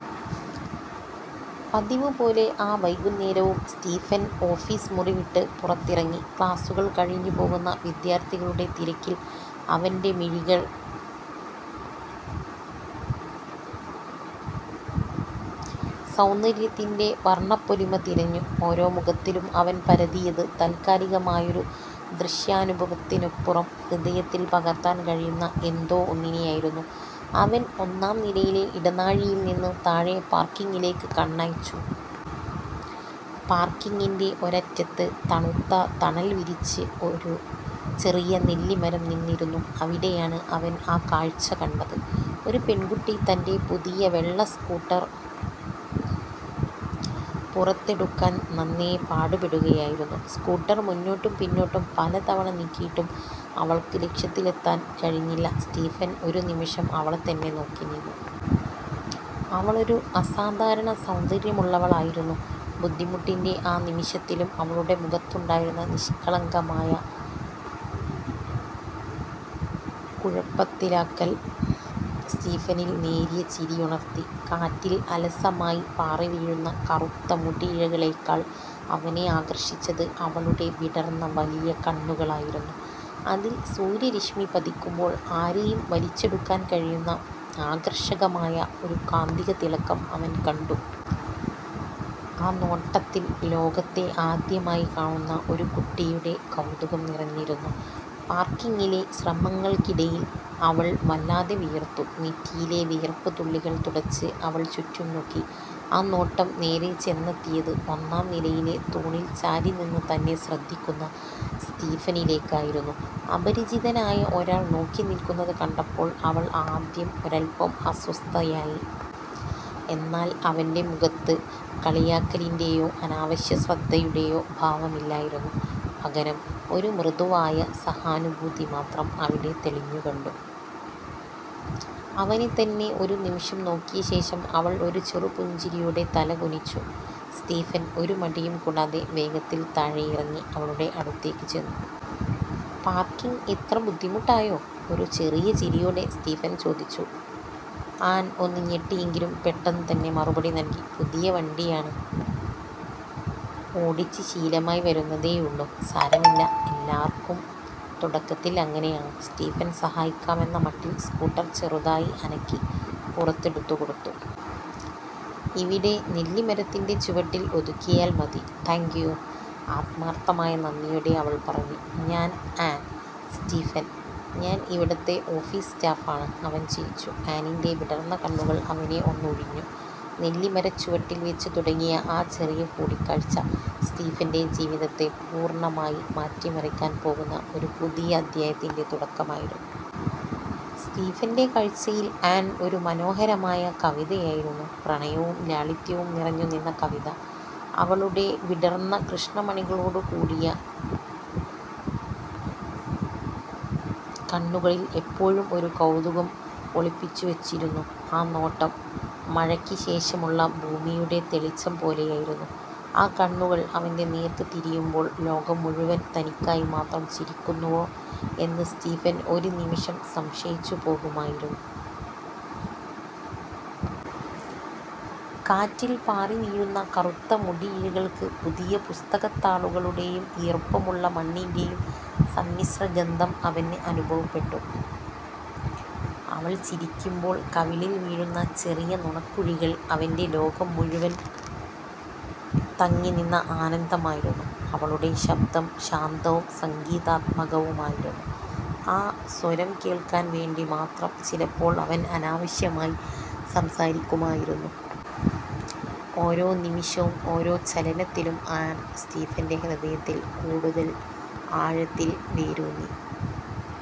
പതിവുപോലെ ആ വൈകുന്നേരവും സ്റ്റീഫൻ ഓഫീസ് മുറി വിട്ട് പുറത്തിറങ്ങി. ക്ലാസ്സുകൾ കഴിഞ്ഞ് പോകുന്ന വിദ്യാർത്ഥികളുടെ തിരിക്കിൽ അവന്റെ മിഴികൾ സൗന്ദര്യത്തിന്റെ വർണ്ണപ്പൊലിമ തിരഞ്ഞു. ഓരോ മുഖത്തിലും അവൻ പരതിയത്, താൽക്കാലികമായൊരു ദൃശ്യാനുഭവത്തിനപ്പുറം ഹൃദയത്തിൽ പകർത്താൻ കഴിയുന്ന എന്തോ ഒന്നിനെയായിരുന്നു. അവൻ ഒന്നാം നിലയിലെ ഇടനാഴിയിൽ നിന്ന് താഴെ പാർക്കിങ്ങിലേക്ക് കണ്ണയച്ചു. പാർക്കിങ്ങിന്റെ ഒരറ്റത്ത്, തണുത്ത തണൽ വിരിച്ച് ഒരു ചെറിയ നെല്ലിമരം നിന്നിരുന്നു. അവിടെയാണ് അവൻ ആ കാഴ്ച കണ്ടത്. ഒരു പെൺകുട്ടി തന്റെ പുതിയ വെള്ള സ്കൂട്ടർ പുറത്തെടുക്കാൻ നന്നേ പാടുപെടുകയായിരുന്നു. സ്കൂട്ടർ മുന്നോട്ടും പിന്നോട്ടും പലതവണ നീക്കിയിട്ടും അവൾക്ക് ലക്ഷ്യത്തിലെത്താൻ കഴിഞ്ഞില്ല. സ്റ്റീഫൻ ഒരു നിമിഷം അവളെത്തന്നെ നോക്കി നിന്നു. അവളൊരു അസാധാരണ സൗന്ദര്യമുള്ളവളായിരുന്നു. ബുദ്ധിമുട്ടിന്റെ ആ നിമിഷത്തിലും അവളുടെ മുഖത്തുണ്ടായിരുന്ന നിഷ്കളങ്കമായ കുഴപ്പത്തിലാകൽ സ്റ്റീഫനിൽ നേരിയ ചിരിയുണർത്തി. കാറ്റിൽ അലസമായി പാറിവീഴുന്ന കറുത്ത മുടിയിഴകളെക്കാൾ അവനെ ആകർഷിച്ചത് അവളുടെ വിടർന്ന വലിയ കണ്ണുകളായിരുന്നു. അതിൽ സൂര്യരശ്മി പതിക്കുമ്പോൾ ആരെയും വലിച്ചെടുക്കാൻ കഴിയുന്ന ആകർഷകമായ ഒരു കാന്തിക തിളക്കം അവൻ കണ്ടു. ആ നോട്ടത്തിൽ, ലോകത്തെ ആദ്യമായി കാണുന്ന ഒരു കുട്ടിയുടെ കൗതുകം നിറഞ്ഞിരുന്നു. പാർക്കിങ്ങിലെ ശ്രമങ്ങൾക്കിടയിൽ അവൾ വല്ലാതെ വിയർത്തു. നെറ്റിയിലെ വിയർപ്പ് തുള്ളികൾ തുടച്ച് അവൾ ചുറ്റും നോക്കി. ആ നോട്ടം നേരെ ചെന്നെത്തിയത്, ഒന്നാം നിലയിലെ തൂണിൽ ചാരിനിന്ന് തന്നെ ശ്രദ്ധിക്കുന്ന സ്റ്റീഫനിലേക്കായിരുന്നു. അപരിചിതനായ ഒരാൾ നോക്കി നിൽക്കുന്നത് കണ്ടപ്പോൾ അവൾ ആദ്യം ഒരൽപ്പം അസ്വസ്ഥയായി. എന്നാൽ അവന്റെ മുഖത്ത് കളിയാക്കലിന്റെയോ അനാവശ്യ ശ്രദ്ധയുടെയോ ഭാവമില്ലായിരുന്നു; പകരം, ഒരു മൃദുവായ സഹാനുഭൂതി മാത്രം അവിടെ തെളിഞ്ഞു കണ്ടു. അവനെത്തന്നെ ഒരു നിമിഷം നോക്കിയ ശേഷം, അവൾ ഒരു ചെറു പുഞ്ചിരിയോടെ തലകുനിച്ചു. സ്റ്റീഫൻ ഒരു മടിയും കൂടാതെ വേഗത്തിൽ താഴെയിറങ്ങി അവളുടെ അടുത്തേക്ക് ചെന്നു. "പാർക്കിംഗ് ഇത്ര ബുദ്ധിമുട്ടായോ? " ഒരു ചെറിയ ചിരിയോടെ സ്റ്റീഫൻ ചോദിച്ചു. ആൻ ഒന്ന് ഞെട്ടിയെങ്കിലും പെട്ടെന്ന് തന്നെ മറുപടി നൽകി "പുതിയ വണ്ടിയാണ്. ഓടിച്ച് ശീലമായി വരുന്നതേയുള്ളൂ. " "സാരമില്ല, എല്ലാവർക്കും തുടക്കത്തിൽ അങ്ങനെയാണ്," സ്റ്റീഫൻ സഹായിക്കാമെന്ന മട്ടിൽ സ്കൂട്ടർ ചെറുതായി അനക്കി പുറത്തെടുത്ത് കൊടുത്തു. "ഇവിടെ നെല്ലിമരത്തിന്റെ ചുവട്ടിൽ ഒതുക്കിയാൽ മതി. " "താങ്ക് യു… " ആത്മാർത്ഥമായ നന്ദിയോടെ അവൾ പറഞ്ഞു. "ഞാൻ ആൻ. " "സ്റ്റീഫൻ. ഞാൻ ഇവിടുത്തെ ഓഫീസ് സ്റ്റാഫ് ആണ്," അവൻ ചിരിച്ചു. ആനിന്റെ വിടർന്ന കണ്ണുകൾ അവനെ ഒന്നുഴിഞ്ഞു. നെല്ലിമരച്ചുവട്ടിൽ വെച്ച് തുടങ്ങിയ ആ ചെറിയ കൂടിക്കാഴ്ച, സ്റ്റീഫന്റെ ജീവിതത്തെ പൂർണ്ണമായി മാറ്റിമറിക്കാൻ പോകുന്ന ഒരു പുതിയ അദ്ധ്യായത്തിന്റെ തുടക്കമായിരുന്നു. സ്റ്റീഫന്റെ കാഴ്ചയിൽ ആൻ ഒരു മനോഹരമായ കവിതയായിരുന്നു. പ്രണയവും ലാളിത്യവും നിറഞ്ഞുനിന്ന കവിത. അവളുടെ വിടർന്ന കൃഷ്ണമണികളോടുകൂടിയ കണ്ണുകളിൽ എപ്പോഴും ഒരു കൗതുകം ഒളിപ്പിച്ചു വെച്ചിരുന്നു. ആ നോട്ടം, മഴയ്ക്ക് ശേഷമുള്ള ഭൂമിയുടെ തെളിച്ചം പോലെയായിരുന്നു. ആ കണ്ണുകൾ അവന്റെ നേർക്ക് തിരിയുമ്പോൾ, ലോകം മുഴുവൻ തനിക്കായി മാത്രം ചിരിക്കുന്നുവോ എന്ന് സ്റ്റീഫൻ ഒരു നിമിഷം സംശയിച്ചു പോകുമായിരുന്നു. കാറ്റിൽ പാറിവീഴുന്ന കറുത്ത മുടിയിഴകൾക്ക് പുതിയ പുസ്തകത്താളുകളുടെയും ഈർപ്പമുള്ള മണ്ണിന്റെയും സമ്മിശ്രഗന്ധം അവന് അനുഭവപ്പെട്ടു. അവൾ ചിരിക്കുമ്പോൾ കവിളിൽ വീഴുന്ന ചെറിയ നുണക്കുഴികൾ, അവന്റെ ലോകം മുഴുവൻ തങ്ങിനിന്ന ആനന്ദമായിരുന്നു. അവളുടെ ശബ്ദം ശാന്തവും സംഗീതാത്മകവുമായിരുന്നു. ആ സ്വരം കേൾക്കാൻ വേണ്ടി മാത്രം ചിലപ്പോൾ അവൻ അനാവശ്യമായി സംസാരിക്കുമായിരുന്നു. ഓരോ നിമിഷവും, ഓരോ ചലനത്തിലും, ആൻ സ്റ്റീഫന്റെ ഹൃദയത്തിൽ കൂടുതൽ ആഴത്തിൽ വേരൂന്നി.